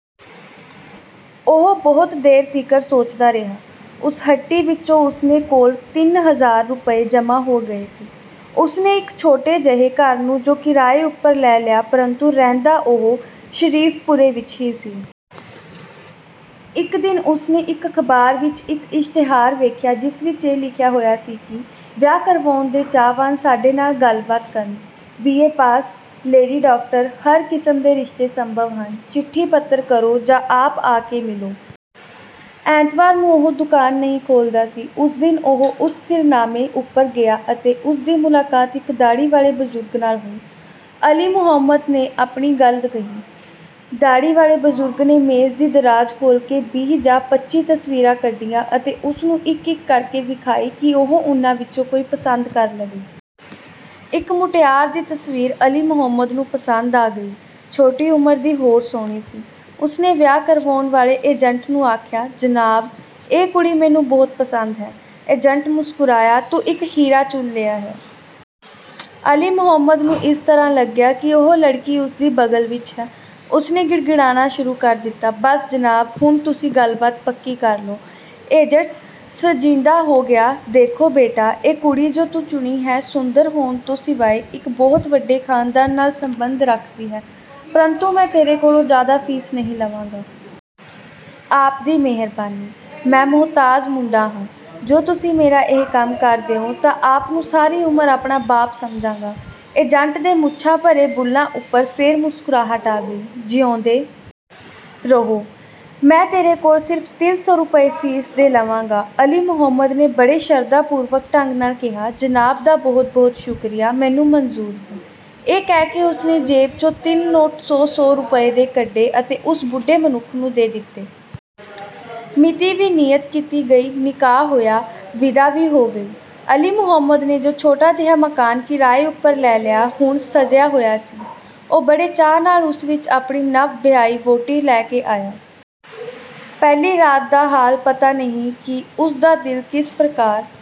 ਉਹ ਬਹੁਤ ਦੇਰ ਤੀਕਰ ਸੋਚਦਾ ਰਿਹਾ। ਉਸ ਹੱਟੀ ਵਿਚੋਂ ਉਸ ਦੇ ਕੋਲ ਤਿੰਨ ਹਜ਼ਾਰ ਰੁਪਏ ਜਮ੍ਹਾਂ ਹੋ ਗਏ ਸੀ। ਉਸ ਨੇ ਇਕ ਛੋਟੇ ਜਿਹੇ ਘਰ ਨੂੰ ਜੋ ਕਿਰਾਏ ਉਪਰ ਲੈ ਲਿਆ, ਪਰੰਤੂ ਰਹਿੰਦਾ ਉਹ ਸ਼ਰੀਫ਼ਪੁਰੇ ਵਿੱਚ ਹੀ ਸੀ। ਇਕ ਦਿਨ ਉਸ ਨੇ ਇਕ ਅਖ਼ਬਾਰ ਵਿੱਚ ਇੱਕ ਇਸ਼ਤਿਹਾਰ ਵੇਖਿਆ ਜਿਸ ਵਿੱਚ ਇਹ ਲਿਖਿਆ ਹੋਇਆ ਸੀ ਕਿ ਵਿਆਹ ਕਰਵਾਉਣ ਦੇ ਚਾਹਵਾਨ ਸਾਡੇ ਨਾਲ ਗੱਲਬਾਤ ਕਰਨ। B. A. Pass, lady doctor, ਹਰ ਕਿਸਮ ਦੇ ਰਿਸ਼ਤੇ ਸੰਭਵ ਹਨ, ਚਿੱਠੀ-ਪੱਤਰ ਕਰੋ ਜਾਂ ਆਪ ਆ ਕੇ ਮਿਲੋ। ਐਤਵਾਰ ਨੂੰ ਉਹ ਦੁਕਾਨ ਨਹੀਂ ਖੋਲ੍ਹਦਾ ਸੀ। ਉਸ ਦਿਨ ਉਹ ਉਸ ਸਿਰਨਾਮੇ ਉਪਰ ਗਿਆ ਅਤੇ ਉਸ ਦੀ ਮੁਲਾਕਾਤ ਇੱਕ ਦਾੜੀ ਵਾਲੇ ਬਜ਼ੁਰਗ ਨਾਲ ਹੋਈ। ਅਲੀ ਮੁਹੰਮਦ ਨੇ ਆਪਣੀ ਗੱਲ ਕਹੀ। ਦਾੜ੍ਹੀ ਵਾਲੇ ਬਜ਼ੁਰਗ ਨੇ ਮੇਜ਼ ਦੀ ਦਰਾਜ ਖੋਲ੍ਹ ਕੇ ਬੀਹ ਜਾਂ ਪੱਚੀ ਤਸਵੀਰਾਂ ਕੱਢੀਆਂ ਅਤੇ ਉਸ ਨੂੰ ਇੱਕ-ਇੱਕ ਕਰ ਕੇ ਵਿਖਾਈ ਕਿ ਉਹ ਉਨ੍ਹਾਂ ਵਿਚੋਂ ਕੋਈ ਪਸੰਦ ਕਰ ਲਵੇ। ਇਕ ਮੁਟਿਆਰ ਦੀ ਤਸਵੀਰ ਅਲੀ ਮੁਹੰਮਦ ਨੂੰ ਪਸੰਦ ਆ ਗਈ। ਛੋਟੀ ਉਮਰ ਦੀ ਹੋਰ ਸੋਹਣੀ ਸੀ। ਉਸ ਨੇ ਵਿਆਹ ਕਰਵਾਉਣ ਵਾਲੇ ਏਜੰਟ ਨੂੰ ਆਖਿਆ: ''ਜਨਾਬ! ਇਹ ਕੁੜੀ ਮੈਨੂੰ ਬਹੁਤ ਪਸੰਦ ਹੈ। '' ਏਜੰਟ ਮੁਸਕਰਾਇਆ,''ਤੂੰ ਇੱਕ ਹੀਰਾ ਚੁਣ ਲਿਆ ਹੈ।'' ਅਲੀ ਮੁਹੰਮਦ ਨੂੰ ਇਸ ਤਰ੍ਹਾਂ ਲਗਿਆ ਕਿ ਉਹ ਲੜਕੀ ਉਸ ਦੀ ਬਗਲ ਵਿੱਚ ਹੈ। ਉਸ ਨੇ ਗਿੜਗਿੜਾਨਾ ਸ਼ੁਰੂ ਕਰ ਦਿੱਤਾ,''ਬਸ ਜਨਾਬ। ਹੁਣ ਤੁਸੀਂਂ ਗੱਲਬਾਤ ਪੱਕੀ ਕਰ ਲਓ। ''ਏਜੰਟ ਸੰਜੀਦਾ ਹੋ ਗਿਆ,''ਦੇਖੋ ਬੇਟਾ। ਇਹ ਕੁੜੀ ਜੋ ਤੂੰ ਚੁਣੀ ਹੈ, ਸੁੰਦਰ ਹੋਣ ਤੋਂ ਸਿਵਾਇ ਇਕ ਬਹੁਤ ਵਡੇ ਖਾਨਦਾਨ ਨਾਲ ਸੰਬੰਧ ਰੱਖਦੀ ਹੈ, ਪਰੰਤੂ ਮੈਂ ਤੇਰੇ ਕੋਲੋਂ ਜ਼ਿਆਦਾ ਫ਼ੀਸ ਨਹੀਂ ਲਵਾਂਗਾ। '' ''ਆਪ ਦੀ ਮਿਹਰਬਾਨੀ। ਮੈਂ ਮੁਹਤਾਜ ਮੁੰਡਾ ਹਾਂ। ਜੋ ਤੁਸੀਂ ਮੇਰਾ ਇਹ ਕੰਮ ਕਰ ਦਿਓ ਤਾਂ ਆਪ ਨੂੰ ਸਾਰੀ ਉਮਰ ਆਪਣਾ ਬਾਪ ਸਮਝਾਂਗਾ। '' ਏਜੰਟ ਦੇ ਮੁੱਛਾਂ ਭਰੇ ਬੁੱਲ੍ਹਾਂ ਉੱਪਰ ਫੇਰ ਮੁਸਕਰਾਹਟ ਆ ਗਈ।,''ਜਿਉਂਦੇ ਰਹੋ, ਮੈਂ ਤੇਰੇ ਕੋਲੋਂ ਸਿਰਫ਼ ਤਿੰਨ ਸੌ ਰੁਪਏ ਫ਼ੀਸ ਦੇ ਲਵਾਂਗਾ। '' ਅਲੀ ਮੁਹੰਮਦ ਨੇ ਬੜੇ ਸ਼ਰਧਾ ਪੂਰਵਕ ਢੰਗ ਨਾਲ ਕਿਹਾ;'ਜਨਾਬ ਦਾ ਬਹੁਤ ਬਹੁਤ ਸ਼ੁਕਰੀਆ, ਮੈਨੂੰ ਮਨਜ਼ੂਰ ਹੈ। '' ਇਹ ਕਹਿ ਕੇ ਉਸ ਨੇ ਜੇਬ 'ਚੋਂ ਤਿੰਨ ਨੋਟ ਸੌ ਸੌ ਰੁਪਏ ਦੇ ਕੱਢੇ ਅਤੇ ਉਸ ਬੁੱਢੇ ਮਨੁੱਖ ਨੂੰ ਦੇ ਦਿੱਤੇ। ਮਿਤੀ ਵੀ ਨੀਯਤ ਕੀਤੀ ਗਈ, ਨਿਕਾਹ ਹੋਇਆ, ਵਿਦਾ ਵੀ ਹੋ ਗਈ। ਅਲੀ ਮੁਹੰਮਦ ਨੇ ਜੋ ਛੋਟਾ ਜਿਹਾ ਮਕਾਨ ਕਿਰਾਏ ਉੱਪਰ ਲੈ ਲਿਆ, ਹੁਣ ਸਜਿਆ ਹੋਇਆ ਸੀ। ਉਹ ਬੜੇ ਚਾਅ ਨਾਲ ਉਸ ਵਿੱਚ ਆਪਣੀ ਨਵ-ਵਿਆਹੀ ਵਹੁਟੀ ਲੈ ਕੇ ਆਇਆ। ਪਹਿਲੀ ਰਾਤ ਦਾ ਹਾਲ ਪਤਾ ਨਹੀਂ ਕਿ ਉਸ ਦਾ ਦਿਲ ਕਿਸ ਪ੍ਰਕਾਰ